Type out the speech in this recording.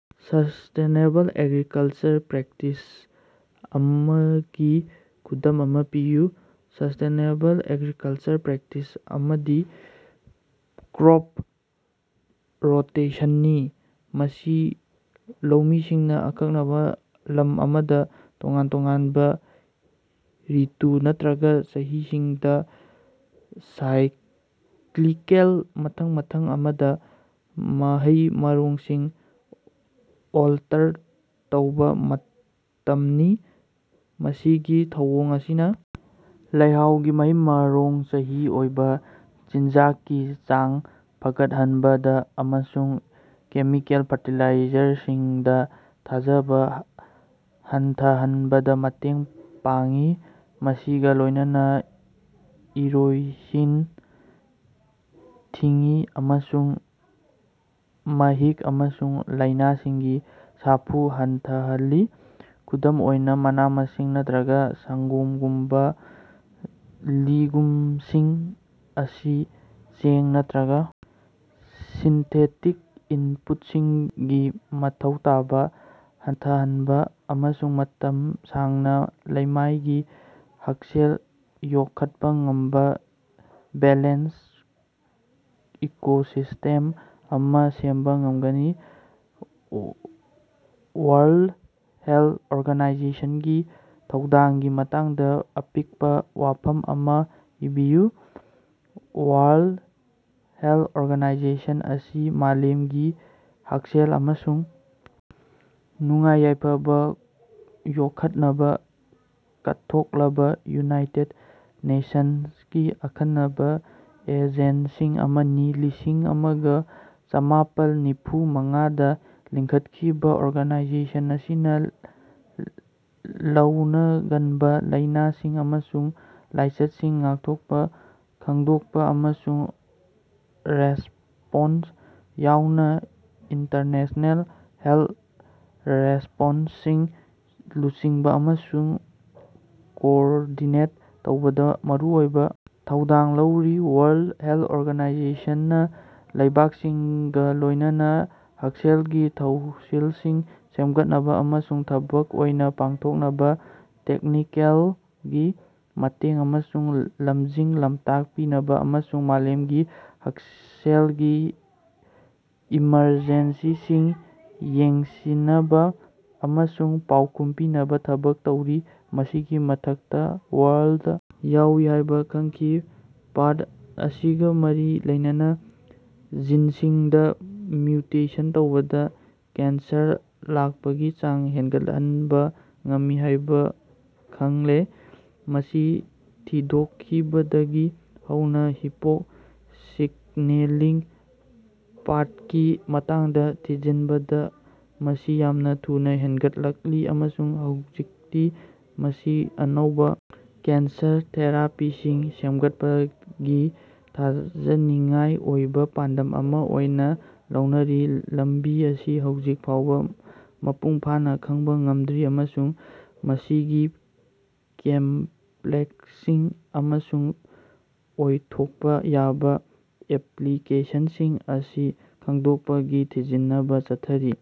Sustainable agriculture practice ꯑꯃꯒꯤ ꯈꯨꯗꯝ ꯑꯃꯥ ꯄꯤꯌꯨ꯫ ꯁꯁꯇꯦꯅꯦꯕꯜ ꯑꯦꯒ꯭ꯔꯤꯀꯜꯆꯔ ꯄ꯭ꯔꯦꯛꯇꯤꯁ ꯑꯃꯗꯤ ꯀ꯭ꯔꯣꯞ ꯔꯣꯇꯦꯁꯟꯅꯤ꯫ ꯃꯁꯤ ꯂꯧꯃꯤꯁꯤꯡꯅꯥ ꯑꯀꯛꯅꯕ ꯂꯝ ꯑꯃꯗ ꯇꯣꯉꯥꯟ-ꯇꯣꯉꯥꯟꯕ ꯔꯤꯇꯨ ꯅꯠꯇ꯭ꯔꯒ ꯆꯍꯤꯁꯤꯡꯗ, ꯁꯥꯏꯀ꯭ꯂꯤꯀꯦꯜ ꯃꯊꯪ ꯃꯊꯪ ꯑꯃꯗ ꯃꯍꯩ-ꯃꯔꯣꯡꯁꯤꯡ ꯑꯣꯜꯇꯔ ꯇꯧꯕ ꯃꯇꯝꯅꯤ꯫ ꯃꯁꯤꯒꯤ ꯊꯧꯑꯣꯡ ꯑꯁꯤꯅ ꯂꯩꯍꯥꯎꯒꯤ ꯃꯍꯩ-ꯃꯔꯣꯡ ꯃꯆꯤ ꯑꯣꯏꯕ ꯆꯤꯟꯖꯥꯛꯀꯤ ꯆꯥꯡ ꯐꯒꯠꯍꯟꯕꯗ ꯑꯃꯁꯨꯡ ꯀꯦꯃꯤꯀꯦꯜ ꯐꯔꯇꯤꯂꯥꯏꯖꯔꯁꯤꯡꯗ ꯊꯥꯖꯕ ꯍꯟꯊꯍꯟꯕꯗ ꯃꯇꯦꯡ ꯄꯥꯡꯏ ꯃꯁꯤꯒ ꯂꯣꯢꯅꯅꯥ ꯏꯔꯣꯏꯁꯤꯟ ꯊꯤꯡꯏ ꯑꯃꯁꯨꯡ ꯃꯍꯤꯛ ꯑꯃꯁꯨꯡ ꯂꯥꯢꯅꯥꯁꯤꯡꯒꯤ ꯁꯥꯐꯨ ꯍꯟꯊꯍꯜꯂꯤ꯫ ꯈꯨꯗꯝ ꯑꯣꯏꯅ ꯃꯅꯥ-ꯃꯁꯤꯡ ꯅꯠꯇ꯭ꯔꯒ ꯁꯡꯒꯣꯝꯒꯨꯝꯕꯥ ꯂꯤꯒꯨꯝꯁꯤꯡ ꯑꯁꯤ ꯆꯦꯡ ꯅꯠꯇ꯭ꯔꯒ ꯁꯤꯟꯊꯦꯇꯤꯛ ꯏꯟꯄꯨꯠꯁꯤꯡꯒꯤ ꯃꯊꯧ ꯇꯥꯕ ꯍꯟꯊꯍꯟꯕ ꯑꯃꯁꯨꯡ ꯃꯇꯝ ꯁꯥꯡꯅ ꯂꯩꯃꯥꯏꯒꯤ ꯍꯛꯁꯦꯜ ꯌꯣꯛꯈꯠꯄ ꯉꯝꯕ ꯕꯦꯂꯦꯟꯁ ꯏꯀꯣꯁꯤꯁꯇꯦꯝ ꯑꯃ ꯁꯦꯝꯕ ꯉꯝꯒꯅꯤ꯫ ꯋꯥꯔꯜꯗ ꯍꯦꯜꯊ ꯑꯣꯔꯒꯅꯥꯏꯖꯦꯁꯟꯒꯤ ꯊꯧꯗꯥꯡꯒꯤ ꯃꯇꯥꯡꯗ ꯑꯄꯤꯛꯄ ꯋꯥꯐꯝ ꯑꯃ ꯏꯕꯤꯌꯨ꯫ ꯋꯥꯔꯜꯗ ꯍꯦꯜꯊ ꯑꯣꯔꯒꯅꯥꯏꯖꯦꯁꯟ ꯑꯁꯤ ꯃꯥꯂꯦꯝꯒꯤ ꯍꯛꯁꯦꯜ ꯑꯃꯁꯨꯡ ꯅꯨꯡꯉꯥꯏ-ꯌꯥꯏꯐꯕ ꯌꯣꯛꯈꯠꯅꯕ ꯀꯠꯊꯣꯛꯂꯕ ꯌꯨꯅꯥꯏꯇꯦꯗ ꯅꯦꯁꯟꯁꯀꯤ ꯑꯈꯟꯅꯕ ꯑꯦꯖꯦꯟꯁꯤꯡ ꯑꯃꯅꯤ꯫ ꯂꯤꯁꯤꯡ ꯑꯃꯒ ꯆꯥꯃꯥꯄꯜ ꯅꯤꯐꯨ ꯃꯉꯥꯗꯥ ꯂꯤꯡꯈꯠꯈꯤꯕꯥ ꯑꯣꯔꯒꯅꯥꯏꯖꯦꯁꯟ ꯑꯁꯤꯅꯥ ꯂꯧꯅꯒꯟꯕ ꯂꯥꯢꯅꯥꯁꯤꯡ ꯑꯃꯁꯨꯡ ꯂꯥꯏꯆꯠꯁꯤꯡ ꯉꯥꯛꯊꯣꯛꯄꯥ ꯈꯡꯗꯣꯛꯄ ꯑꯃꯁꯨꯡ ꯔꯦꯁꯄꯣꯟꯁ ꯌꯥꯎꯅ ꯏꯟꯇꯔꯅꯦꯁꯅꯦꯜ ꯍꯦꯜꯊ ꯔꯦꯁꯄꯣꯟꯁꯁꯤꯡ ꯂꯨꯆꯤꯡꯕ ꯑꯃꯁꯨꯡ ꯀꯣꯑꯣꯔꯗꯤꯅꯦꯠ ꯇꯧꯕꯗ ꯃꯔꯨꯑꯣꯏꯕ ꯊꯧꯗꯥꯡ ꯂꯧꯔꯤ꯫ ꯋꯥꯔꯜꯗ ꯍꯦꯜꯊ ꯑꯣꯔꯒꯅꯥꯏꯖꯦꯁꯟ ꯅꯥ ꯂꯩꯕꯥꯛꯁꯤꯡꯒ ꯂꯣꯢꯅꯅꯥ ꯍꯛꯁꯦꯜꯒꯤ ꯊꯧꯁꯤꯜꯁꯤꯡ ꯁꯦꯝꯒꯠꯅꯕ ꯑꯃꯁꯨꯡ ꯊꯕꯛ ꯑꯣꯏꯅ ꯄꯥꯡꯊꯣꯛꯅꯕ, ꯇꯦꯛꯅꯤꯀꯦꯜꯒꯤ ꯃꯇꯦꯡ ꯑꯃꯁꯨꯡ ꯂꯝꯖꯤꯡ-ꯂꯝꯇꯥꯛ ꯄꯤꯅꯕꯥ ꯑꯃꯁꯨꯡ ꯃꯥꯂꯦꯝꯒꯤ ꯍꯛꯁꯦꯜꯒꯤ ꯏꯃꯔꯖꯦꯟꯁꯤꯁꯤꯡ ꯌꯦꯡꯁꯤꯅꯕꯥ ꯑꯃꯁꯨꯡ ꯄꯥꯎꯈꯨꯝ ꯄꯤꯅꯕꯥ ꯊꯕꯛ ꯇꯧꯔꯤ꯫ ꯃꯁꯤꯒꯤ ꯃꯊꯛꯇꯥ ꯋꯥꯔꯜꯗ ꯌꯥꯎꯏ ꯍꯥꯢꯕ ꯈꯪꯈꯤ꯫ ꯄꯥꯊ ꯑꯁꯤꯒ ꯃꯔꯤ ꯂꯩꯅꯅ ꯖꯤꯟꯁꯤꯡꯗ ꯃ꯭ꯌꯨꯇꯦꯁꯟ ꯇꯧꯕꯅ ꯀꯦꯟꯁꯔ ꯂꯥꯛꯄꯒꯤ ꯆꯥꯡ ꯍꯦꯟꯒꯠꯍꯟꯕ ꯉꯝꯃꯤ ꯍꯥꯢꯕ ꯈꯪꯂꯦ꯫ ꯃꯁꯤ ꯊꯤꯗꯣꯛꯈꯤꯕꯗꯒꯤ ꯍꯧꯅ ꯍꯤꯄꯣꯛ ꯁꯤꯒꯅꯦꯂꯤꯡ ꯄꯥꯊꯀꯤ ꯃꯇꯥꯡꯗ ꯊꯤꯖꯤꯟꯕꯗ ꯃꯁꯤ ꯌꯥꯝꯅ ꯊꯨꯅ ꯍꯦꯟꯒꯠꯂꯛꯂꯤ ꯑꯃꯁꯨꯡ ꯍꯧꯖꯤꯛꯇꯤ ꯃꯁꯤ ꯑꯅꯧꯕ ꯀꯦꯟꯁꯔ ꯊꯦꯔꯥꯄꯤꯁꯤꯡ ꯁꯦꯝꯒꯠꯄꯒꯤ ꯊꯥꯖꯅꯤꯡꯉꯥꯏ ꯑꯣꯏꯕ ꯄꯥꯟꯗꯝ ꯑꯃ ꯑꯣꯏꯅ ꯂꯧꯅꯔꯤ꯫ ꯂꯝꯕꯤ ꯑꯁꯤ ꯍꯧꯖꯤꯛ ꯐꯥꯎꯕ ꯃꯄꯨꯡ ꯐꯥꯅ ꯈꯡꯕꯥ ꯉꯝꯗ꯭ꯔꯤ ꯑꯃꯁꯨꯡ ꯃꯁꯤꯒꯤ ꯀꯦꯝꯄ꯭ꯂꯦꯛꯁꯁꯤꯡ ꯑꯃꯁꯨꯡ ꯑꯣꯏꯊꯣꯛꯄ ꯌꯥꯕ ꯑꯦꯄ꯭ꯂꯤꯀꯦꯁꯟꯁꯤꯡ ꯑꯁꯤ ꯈꯡꯗꯣꯛꯄꯒꯤ ꯊꯤꯖꯤꯟꯅꯕ ꯆꯠꯊꯔꯤ꯫